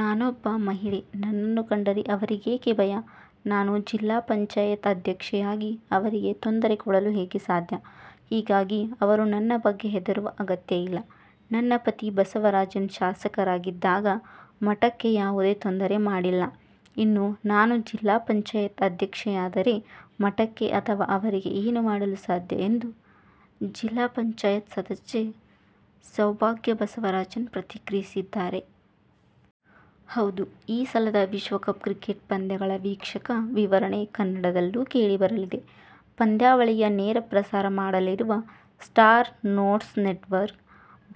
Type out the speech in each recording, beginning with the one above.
"ನಾನೊಬ್ಬ ಮಹಿಳೆ. ನನ್ನನ್ನು ಕಂಡರೆ ಅವರಿಗೇಕೆ ಭಯ. ನಾನು ಜಿಲ್ಲಾ ಪಂಚಾಯತ್ ಅಧ್ಯಕ್ಷೆಯಾಗಿ ಅವರಿಗೆ ತೊಂದರೆ ಕೊಡಲು ಹೇಗೆ ಸಾಧ್ಯ. ಹೀಗಾಗಿ ಅವರು ನನ್ನ ಬಗ್ಗೆ ಹೆದರುವ ಅಗತ್ಯ ಇಲ್ಲ. ನನ್ನ ಪತಿ ಬಸವರಾಜನ್ ಶಾಸಕರಾಗಿದ್ದಾಗ ಮಠಕ್ಕೆ ಯಾವುದೇ ತೊಂದರೆ ಮಾಡಿಲ್ಲ. ಇನ್ನು ನಾನು ಜಿಪಂ ಅಧ್ಯಕ್ಷೆಯಾದರೆಮಠಕ್ಕೆ ಅಥವಾ ಅವರಿಗೆ ಏನು ಮಾಡಲು ಸಾಧ್ಯ' ಎಂದು ಜಿಪಂ ಸದಸ್ಯೆ ಸೌಭಾಗ್ಯ ಬಸವರಾಜನ್ ಪ್ರತಿಕ್ರಿಯಿಸಿದ್ದಾರೆ. ಹೌದು, ಈ ಸಲದ ವಿಶ್ವಕಪ್ ಕ್ರಿಕೆಟ್ ಪಂದ್ಯಗಳ ವೀಕ್ಷಕ ವಿವರಣೆ ಕನ್ನಡದಲ್ಲೂ ಕೇಳಿಬರಲಿದೆ! ಪಂದ್ಯಾವಳಿಯ ನೇರ ಪ್ರಸಾರ ಮಾಡಲಿರುವ "ಸ್ಟಾರ್ ನ್ಪೋರ್ಟ್ಸ್ ನೆಟ್ವರ್ಕ್'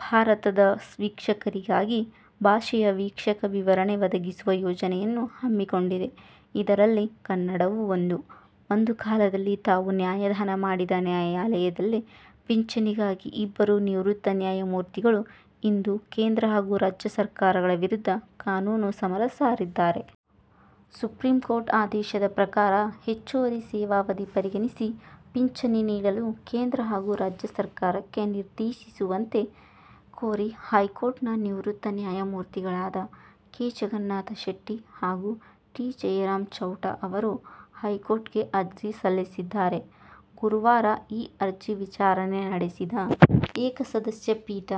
ಭಾರತದ ವೀಕ್ಷಕರಿಗಾಗಿ ಭಾಷೆಯ ವೀಕ್ಷಕ ವಿವರಣೆ ಒದಗಿಸುವ ಯೋಜನೆಯನ್ನು ಹಮ್ಮಿಕೊಂಡಿದೆ. ಇದರಲ್ಲಿ ಕನ್ನಡವೂ ಒಂದು. ಒಂದು ಕಾಲದಲ್ಲಿ ತಾವು ನ್ಯಾಯದಾನ ಮಾಡಿದ ನ್ಯಾಯಾಲಯದಲ್ಲೇ ಪಿಂಚಣಿಗಾಗಿ ಇಬ್ಬರು ನಿವೃತ್ತ ನ್ಯಾಯಮೂರ್ತಿಗಳು ಇಂದು ಕೇಂದ್ರ ಹಾಗೂ ರಾಜ್ಯ ಸರ್ಕಾರಗಳ ವಿರುದ್ಧ ಕಾನೂನು ಸಮರ ಸಾರಿದ್ದಾರೆ. ಸುಪ್ರೀಂಕೋರ್ಟ್ ಆದೇಶದ ಪ್ರಕಾರ ಹೆಚ್ಚುವರಿ ಸೇವಾವಧಿ ಪರಿಗಣಿಸಿ ಪಿಂಚಣಿ ನೀಡಲು ಕೇಂದ್ರ ಹಾಗೂ ರಾಜ್ಯ ಸರ್ಕಾರಕ್ಕೆ ನಿರ್ದೇಶಿಸುವಂತೆ ಕೋರಿ ಹೈಕೋರ್ಟ್ನ ನಿವೃತ್ತ ನ್ಯಾಯಮೂರ್ತಿಗಳಾದ ಕೆ. ಜಗನ್ನಾಥ ಶೆಟ್ಟಿ ಹಾಗೂ ಟಿ. ಜಯರಾಂ ಚೌಟ ಅವರು ಹೈಕೋರ್ಟ್ಗೆ ಅರ್ಜಿ ಸಲ್ಲಿಸಿದ್ದಾರೆ. ಗುರುವಾರ ಈ ಅರ್ಜಿ ವಿಚಾರಣೆ ನಡೆಸಿದ ಏಕಸದಸ್ಯ ಪೀಠ,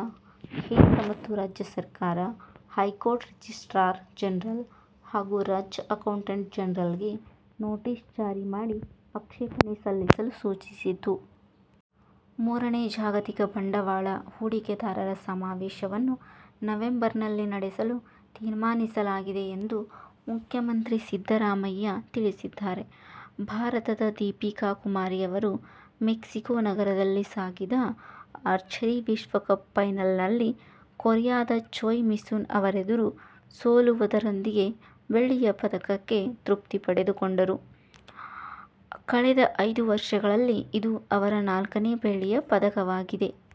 ಕೇಂದ್ರ ಮತ್ತು ರಾಜ್ಯ ಸರ್ಕಾರ, ಹೈಕೋರ್ಟ್ ರಿಜಿಸ್ಟ್ರಾರ್ ಜನರಲ್ ಹಾಗೂ ರಾಜ್ಯ ಅಕೌಂಟೆಂಟ್ ಜನರಲ್ಗೆ ನೋಟಿಸ್ ಜಾರಿ ಮಾಡಿ ಆಕ್ಷೇಪಣೆ ಸಲ್ಲಿಸಲು ಸೂಚಿಸಿತು. ಮೂರನೇ ಜಾಗತಿಕ ಬಂಡವಾಳ ಹೂಡಿಕೆದಾರರ ಸಮಾವೇಶ ವನ್ನು ನವೆಂಬರ್ನಲ್ಲಿ ನಡೆಸಲು ತೀರ್ಮಾನಿಸಲಾಗಿದೆ ಎಂದು ಮುಖ್ಯಮಂತ್ರಿ ಸಿದ್ದರಾಮಯ್ಯ ತಿಳಿಸಿದ್ದಾರೆ. ಭಾರತದ ದೀಪಿಕಾ ಕುಮಾರಿ ಅವರು ಮೆಕ್ಸಿಕೊ ನಗರದಲ್ಲಿ ಸಾಗಿದ ಆರ್ಚರಿ ವಿಶ್ವಕಪ್ ಫೈನಲ್ನಲ್ಲಿ ಕೊರಿಯದ ಚೋಯ್ ಮಿಸುನ್ ಅವರೆದುರು ಸೋಲುವುದರೊಂದಿಗೆ ಬೆಳ್ಳಿಯ ಪದಕಕ್ಕೆ ತೃಪ್ತಿಪಟ್ಟುಕೊಂಡರು. ಕಳೆದ ಐದು ವರ್ಷಗಳಲ್ಲಿ ಇದು ಅವರ ನಾಲ್ಕನೇ ಬೆಳ್ಳಿಯ ಪದಕವಾಗಿದೆ.